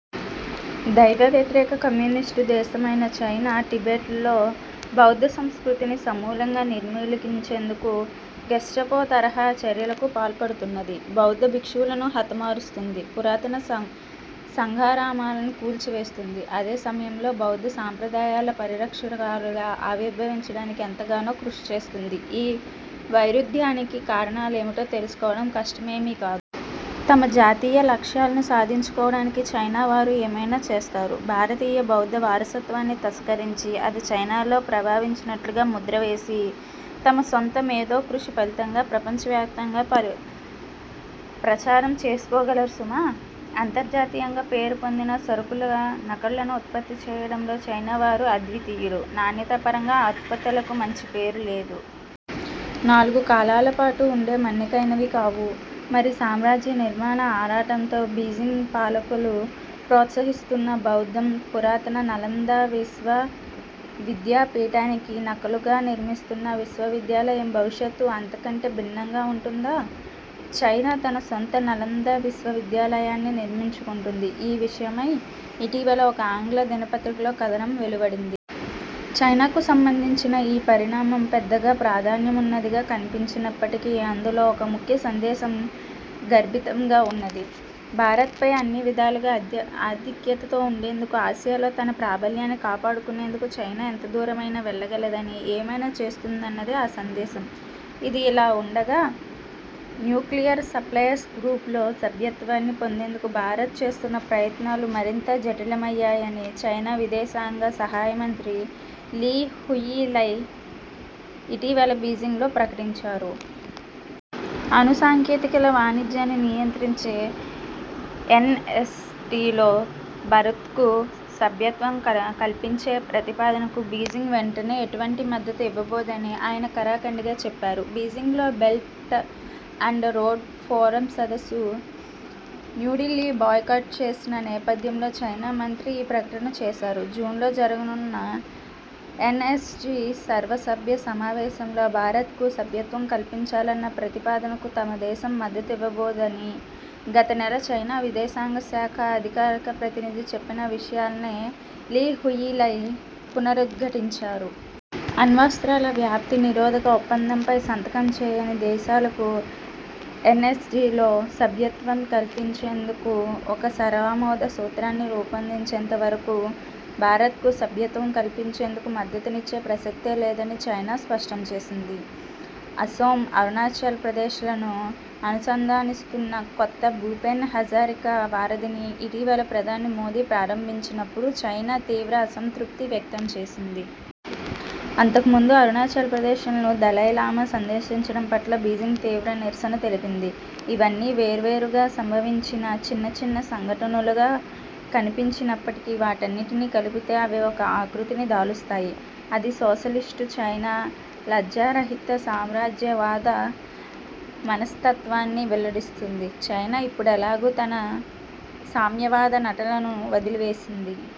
దైవ వ్యతిరేక కమ్యూనిస్టు దేశమైన చైనా, టిబెట్లో బౌద్ధ సంస్కృతిని సమూలంగా నిర్మూలించేందుకు గెస్టపో తరహా చర్యలకు పాల్పడుతున్నది. బౌద్ధ భిక్షువులను హతమారుస్తుంది. పురాతన సంఘారామాలను కూల్చివేస్తోంది. అదే సమయంలో బౌద్ధసంప్రదాయాల పరిరక్షకురాలుగా ఆవిర్భవించడానికి ఎంతగానో కృషిచేస్తోంది. ఈ వైరుధ్యానికి కారణాలేమిటో తెలుసుకోవడం కష్టమేమీ కాదు. తమ జాతీయలక్ష్యాలను సాధించుకోవడానికి చైనావారు ఏమైనా చేస్తారు– భారతీయ బౌద్ధ వారసత్వాన్ని తస్కరించి, అది చైనాలో ప్రభావించినట్టుగా ముద్రవేసి తమ సొంత మేధో కృషి ఫలితంగా ప్రపంచవ్యాప్తంగా ప్రచారం చేసుకోగలరు సుమా! అంతర్జాతీయంగా పేరు పొందిన సరుకులుగా నకళ్లను ఉత్పత్తి చేయడంలో చైనావారు అద్వితీయులు. నాణ్యతపరంగా ఆ ఉత్పత్తులకు మంచి పేరు లేదు. నాలుగు కాలాలపాటు ఉండే మన్నికైనవీ కావు. మరి సామ్రాజ్య నిర్మాణ ఆరాటంతో బీజింగ్ పాలకులు ప్రోత్సహిస్తున్న బౌద్ధం, పురాతన నలంద విశ్వవిద్యాపీఠానికి నకలుగా నిర్మిస్తున్న విశ్వవిద్యాలయం భవిష్యత్తు అంతకంటే భిన్నంగా వుంటుందా? చైనా తన సొంత నలంద విశ్వవిద్యాలయాన్ని నిర్మించుకొంటోంది! ఈ విష యమై ఇటీవల ఒక ఆంగ్ల దిన పత్రికలో కథనం వెలువడింది. చైనాకు సంబంధించిన ఈ పరిణామం పెద్దగా ప్రాధాన్యమున్నదిగా కన్పించనప్పటికీ, అందులో ఒక ముఖ్య సందేశం గర్భితంగా వున్నది. భారత్పై అన్నివిధాలుగా ఆధిక్యతతో వుండేందుకు, ఆసియాలో తన ప్రాబల్యాన్ని కాపాడుకునేందుకు చైనా ఎంత దూరమైనా వెళ్ళగలదని, ఏమైనా చేస్తుందనేదే ఆ సందేశం. ఇదిలావుండగా, న్యూక్లియర్ సప్లయిర్స్ గ్రూప్ లో సభ్యత్వాన్ని పొందేందుకు భారత్ చేస్తున్న ప్రయత్నాలు 'మరింత జటిలమయ్యాయని' చైనా విదేశాంగశాఖ సహాయమంత్రి లీ హుయిలై ఇటీవల బీజింగ్లో ప్రకటించారు. అణు సాంకేతికతల వాణిజ్యాన్ని నియంత్రించే ఎన్ఎస్టీలో భారత్కు సభ్యత్వం కల్పించే ప్రతిపాదనకు బీజింగ్ వెంటనే ఎటువంటి మద్దతు ఇవ్వబోదని ఆయన ఖరాఖండీగా చెప్పారు. బీజింగ్లో బెల్ట్ అండ్ రోడ్ ఫోరం సదస్సు న్యూఢిల్లీ బాయ్కాట్ చేసిన నేపథ్యంలో చైనా మంత్రి ఈ ప్రకటన చేశారు. జూన్లో జరగనున్న ఎన్ఎస్జీ సర్వసభ్య సమావేశంలో భారత్కు సభ్యత్వం కల్పించాలన్న ప్రతిపాదనకు తమ దేశం మద్దతునివ్వబోదని గత నెల చైనా విదేశాంగ శాఖ అధికారక ప్రతినిధి చెప్పిన విషయాన్నే లీ హుయిలై పునరుద్ఘాటించారు. అణ్వస్త్రాల వ్యాప్తి నిరోధక ఒప్పందంపై సంతకం చేయని దేశాలకు ఎన్ఎస్జీలో సభ్యత్వం కల్పించేందుకు ఒక సర్వామోద సూత్రాన్ని రూపొందించేంత వరకు భారత్కు సభ్యత్వం కల్పించేందుకు మద్దతునిచ్చే ప్రసక్తే లేదని చైనా స్పష్టం చేసింది. అసోం, అరుణాచల్ప్రదేశ్లను అనుసంధానిస్తున్న కొత్త భూపేన్ హజారికా వారధిని ఇటీవల ప్రధాని మోదీ ప్రారంభించినప్పుడు చైనా తీవ్ర అసం తృప్తి వ్యక్తం చేసింది. అంతకుముందు అరుణాచల్ప్రదేశ్ను దలైలామా సందర్శించడం పట్ల బీజింగ్ తీవ్ర నిరసన తెలిపింది. ఇవన్నీ వేర్వేరుగా సంభవించిన చిన్న చిన్న సంఘటనలుగా కన్పించినప్పటికీ, వాటన్నిటినీ కలిపితే అవి ఒక ఆకృతిని దాలుస్తాయి. అది, సోషలిస్టు చైనా లజ్జారహిత సామ్రాజ్యవాద మనస్తత్వాన్ని వెల్లడిస్తుంది! చైనా ఇప్పుడెలాగూ తన సామ్యవాద నటనలను వదిలివేసింది.